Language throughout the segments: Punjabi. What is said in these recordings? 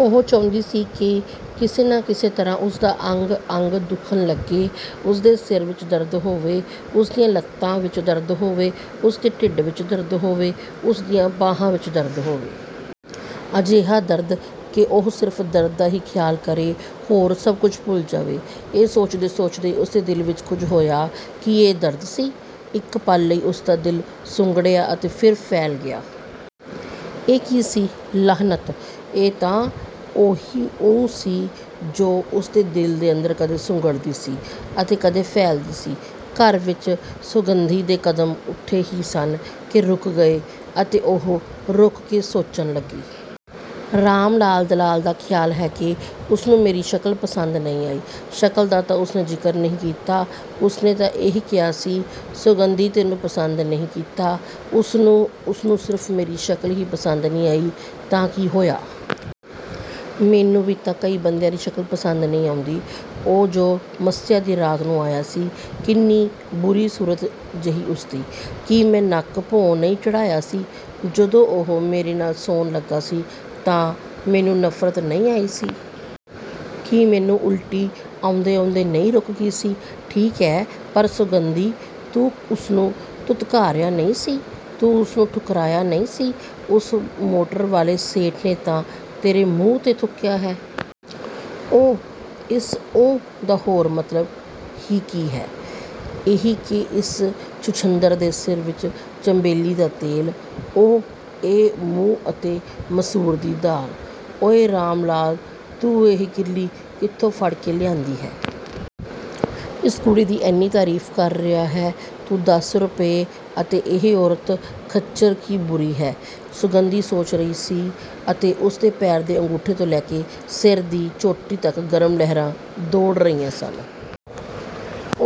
ਉਹ ਚਾਹੁੰਦੀ ਸੀ ਕਿ ਕਿਸੇ ਨਾ ਕਿਸੇ ਤਰ੍ਹਾਂ ਉਸਦਾ ਅੰਗ ਅੰਗ ਦੁੱਖਣ ਲੱਗੇ। ਉਸਦੇ ਸਿਰ ਵਿੱਚ ਦਰਦ ਹੋਵੇ, ਉਸਦੀਆਂ ਲੱਤਾਂ ਵਿੱਚ ਦਰਦ ਹੋਵੇ, ਉਸਦੇ ਢਿੱਡ ਵਿੱਚ ਦਰਦ ਹੋਵੇ, ਉਸਦੀਆਂ ਬਾਹਾਂ ਵਿੱਚ ਦਰਦ ਹੋਵੇ। ਅਜਿਹਾ ਦਰਦ ਕਿ ਉਹ ਸਿਰਫ ਦਰਦ ਦਾ ਹੀ ਖਿਆਲ ਕਰੇ, ਹੋਰ ਸਭ ਕੁਝ ਭੁੱਲ ਜਾਵੇ। ਇਹ ਸੋਚਦੇ ਸੋਚਦੇ ਉਸਦੇ ਦਿਲ ਵਿੱਚ ਕੁਝ ਹੋਇਆ। ਕੀ ਇਹ ਦਰਦ ਸੀ? ਇੱਕ ਪਲ ਲਈ ਉਸਦਾ ਦਿਲ ਸੁੰਗੜਿਆ ਅਤੇ ਫਿਰ ਫੈਲ ਗਿਆ। ਇਹ ਕੀ ਸੀ? ਲਾਹਨਤ! ਇਹ ਤਾਂ ਉਹੀ ਊਂਹ ਸੀ ਜੋ ਉਸਦੇ ਦਿਲ ਦੇ ਅੰਦਰ ਕਦੇ ਸੁੰਗੜਦੀ ਸੀ ਅਤੇ ਕਦੇ ਫੈਲਦੀ ਸੀ। ਘਰ ਵੱਲ ਸੌਗੰਧੀ ਦੇ ਕਦਮ ਉੱਠੇ ਹੀ ਸਨ ਕਿ ਰੁਕ ਗਏ ਅਤੇ ਉਹ ਰੁਕ ਕੇ ਸੋਚਣ ਲੱਗੀ। ਰਾਮ ਲਾਲ ਦਲਾਲ ਦਾ ਖਿਆਲ ਹੈ ਕਿ ਉਸਨੂੰ ਮੇਰੀ ਸ਼ਕਲ ਪਸੰਦ ਨਹੀਂ ਆਈ। ਸ਼ਕਲ ਦਾ ਤਾਂ ਉਸਨੇ ਜ਼ਿਕਰ ਨਹੀਂ ਕੀਤਾ। ਉਸਨੇ ਤਾਂ ਇਹ ਕਿਹਾ ਸੀ, ਸੌਗੰਧੀ ਤੈਨੂੰ ਪਸੰਦ ਨਹੀਂ ਕੀਤਾ। ਉਸਨੂੰ, ਉਸਨੂੰ, ਸਿਰਫ ਮੇਰੀ ਸ਼ਕਲ ਹੀ ਪਸੰਦ ਨਹੀਂ ਆਈ ਤਾਂ ਕੀ ਹੋਇਆ? ਮੈਨੂੰ ਵੀ ਤਾਂ ਕਈ ਬੰਦਿਆਂ ਦੀ ਸ਼ਕਲ ਪਸੰਦ ਨਹੀਂ ਆਉਂਦੀ। ਉਹ ਜੋ ਮੱਸਿਆ ਦੀ ਰਾਤ ਨੂੰ ਆਇਆ ਸੀ, ਕਿੰਨੀ ਬੁਰੀ ਸੂਰਤ ਜਿਹੀ ਉਸਦੀ। ਕੀ ਮੈਂ ਨੱਕ ਭੋਂ ਨਹੀਂ ਚੜ੍ਹਾਇਆ ਸੀ? ਜਦੋਂ ਉਹ ਮੇਰੇ ਨਾਲ ਸੌਣ ਲੱਗਾ ਸੀ ਤਾਂ ਮੈਨੂੰ ਨਫਰਤ ਨਹੀਂ ਆਈ ਸੀ? ਕੀ ਮੈਨੂੰ ਉਲਟੀ ਆਉਂਦੇ ਆਉਂਦੇ ਨਹੀਂ ਰੁਕ ਗਈ ਸੀ? ਠੀਕ ਹੈ, ਪਰ ਸੌਗੰਧੀ, ਤੂੰ ਉਸਨੂੰ ਧੁਤਕਾਰਿਆ ਨਹੀਂ ਸੀ। ਤੂੰ ਉਸਨੂੰ ਠੁਕਰਾਇਆ ਨਹੀਂ ਸੀ। ਉਸ ਮੋਟਰ ਵਾਲੇ ਸੇਠ ਨੇ ਤਾਂ ਤੇਰੇ ਮੂੰਹ ਤੇ ਥੁੱਕਿਆ ਹੈ। ਊਂਹ। ਇਸ ਊਂਹ ਦਾ ਹੋਰ ਮਤਲਬ ਹੀ ਕੀ ਹੈ? ਇਹੀ ਕਿ ਇਸ ਛੱਛੂੰਦਰ ਦੇ ਸਿਰ ਵਿੱਚ ਚੰਬੇਲੀ ਦਾ ਤੇਲ, ਉਹ, ਇਹ ਮੂੰਹ ਅਤੇ ਮਸੂਰ ਦੀ ਦਾਲ। ਓਏ ਰਾਮਲਾਲ, ਤੂੰ ਇਹ ਕਿਰਲੀ ਕਿੱਥੋਂ ਫੜ ਕੇ ਲਿਆਂਦੀ ਹੈ? ਇਸ ਕੁੜੀ ਦੀ ਇੰਨੀ ਤਾਰੀਫ ਕਰ ਰਿਹਾ ਹੈ ਤੂੰ, ਦਸ ਰੁਪਏ ਅਤੇ ਇਹ ਔਰਤ ਖੱਚਰ ਕੀ ਬੁਰੀ ਹੈ। ਸੌਗੰਧੀ ਸੋਚ ਰਹੀ ਸੀ ਅਤੇ ਉਸਦੇ ਪੈਰ ਦੇ ਅੰਗੂਠੇ ਤੋਂ ਲੈ ਕੇ ਸਿਰ ਦੀ ਚੋਟੀ ਤੱਕ ਗਰਮ ਲਹਿਰਾਂ ਦੌੜ ਰਹੀਆਂ ਸਨ।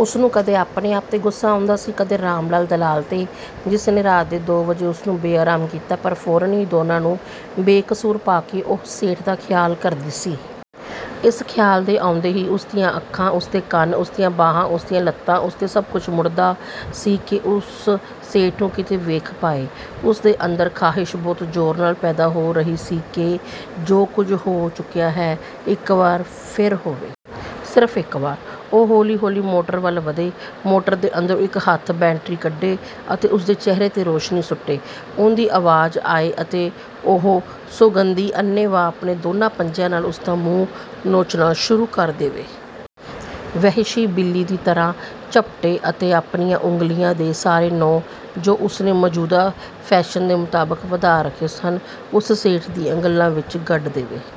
ਉਸਨੂੰ ਕਦੇ ਆਪਣੇ ਆਪ ਤੇ ਗੁੱਸਾ ਆਉਂਦਾ ਸੀ, ਕਦੇ ਰਾਮਲਾਲ ਦਲਾਲ ਤੇ ਜਿਸ ਨੇ ਰਾਤ ਦੇ ਦੋ ਵਜੇ ਉਸਨੂੰ ਬੇਆਰਾਮ ਕੀਤਾ। ਪਰ ਫੌਰਨ ਹੀ ਦੋਨਾਂ ਨੂੰ ਬੇਕਸੂਰ ਪਾ ਕੇ ਉਹ ਸੇਠ ਦਾ ਖਿਆਲ ਕਰਦੀ ਸੀ। ਇਸ ਖਿਆਲ ਦੇ ਆਉਂਦੇ ਹੀ ਉਸਦੀਆਂ ਅੱਖਾਂ, ਉਸਦੇ ਕੰਨ, ਉਸਦੀਆਂ ਬਾਹਾਂ, ਉਸਦੀਆਂ ਲੱਤਾਂ, ਉਸਦਾ ਸਭ ਕੁਝ ਮੁੜਦਾ ਸੀ ਕਿ ਉਸ ਸੇਠ ਨੂੰ ਕਿਤੇ ਵੇਖ ਪਾਏ। ਉਸਦੇ ਅੰਦਰ ਖਾਹਿਸ਼ ਬਹੁਤ ਜ਼ੋਰ ਨਾਲ ਪੈਦਾ ਹੋ ਰਹੀ ਸੀ ਕਿ ਜੋ ਕੁਝ ਹੋ ਚੁੱਕਿਆ ਹੈ, ਇੱਕ ਵਾਰ ਫਿਰ ਹੋਵੇ। ਸਿਰਫ ਇੱਕ ਵਾਰ। ਉਹ ਹੌਲੀ ਹੌਲੀ ਮੋਟਰ ਵੱਲ ਵਧੇ। ਮੋਟਰ ਦੇ ਅੰਦਰੋਂ ਇੱਕ ਹੱਥ ਬੈਟਰੀ ਕੱਢੇ ਅਤੇ ਉਸਦੇ ਚਿਹਰੇ ਤੇ ਰੌਸ਼ਨੀ ਸੁੱਟੇ। ਊਂਹ ਦੀ ਆਵਾਜ਼ ਆਏ ਅਤੇ ਉਹ। ਸੌਗੰਧੀ ਅੰਨ੍ਹੇਵਾਹ ਆਪਣੇ ਦੋਨਾਂ ਪੰਜਿਆਂ ਨਾਲ ਉਸਦਾ ਮੂੰਹ ਨੋਚਣਾ ਸ਼ੁਰੂ ਕਰ ਦੇਵੇ। ਵਹਿਸ਼ੀ ਬਿੱਲੀ ਦੀ ਤਰ੍ਹਾਂ ਝਪਟੇ ਅਤੇ, ਅਤੇ ਆਪਣੀਆਂ ਉਂਗਲੀਆਂ ਦੇ ਸਾਰੇ ਨਹੁੰ ਜੋ ਉਸਨੇ ਮੌਜੂਦਾ ਫੈਸ਼ਨ ਦੇ ਮੁਤਾਬਕ ਵਧਾ ਰੱਖੇ ਸਨ, ਉਸ ਸੇਠ ਦੀਆਂ ਗੱਲਾਂ ਵਿੱਚ ਗੱਡ ਦੇਵੇ।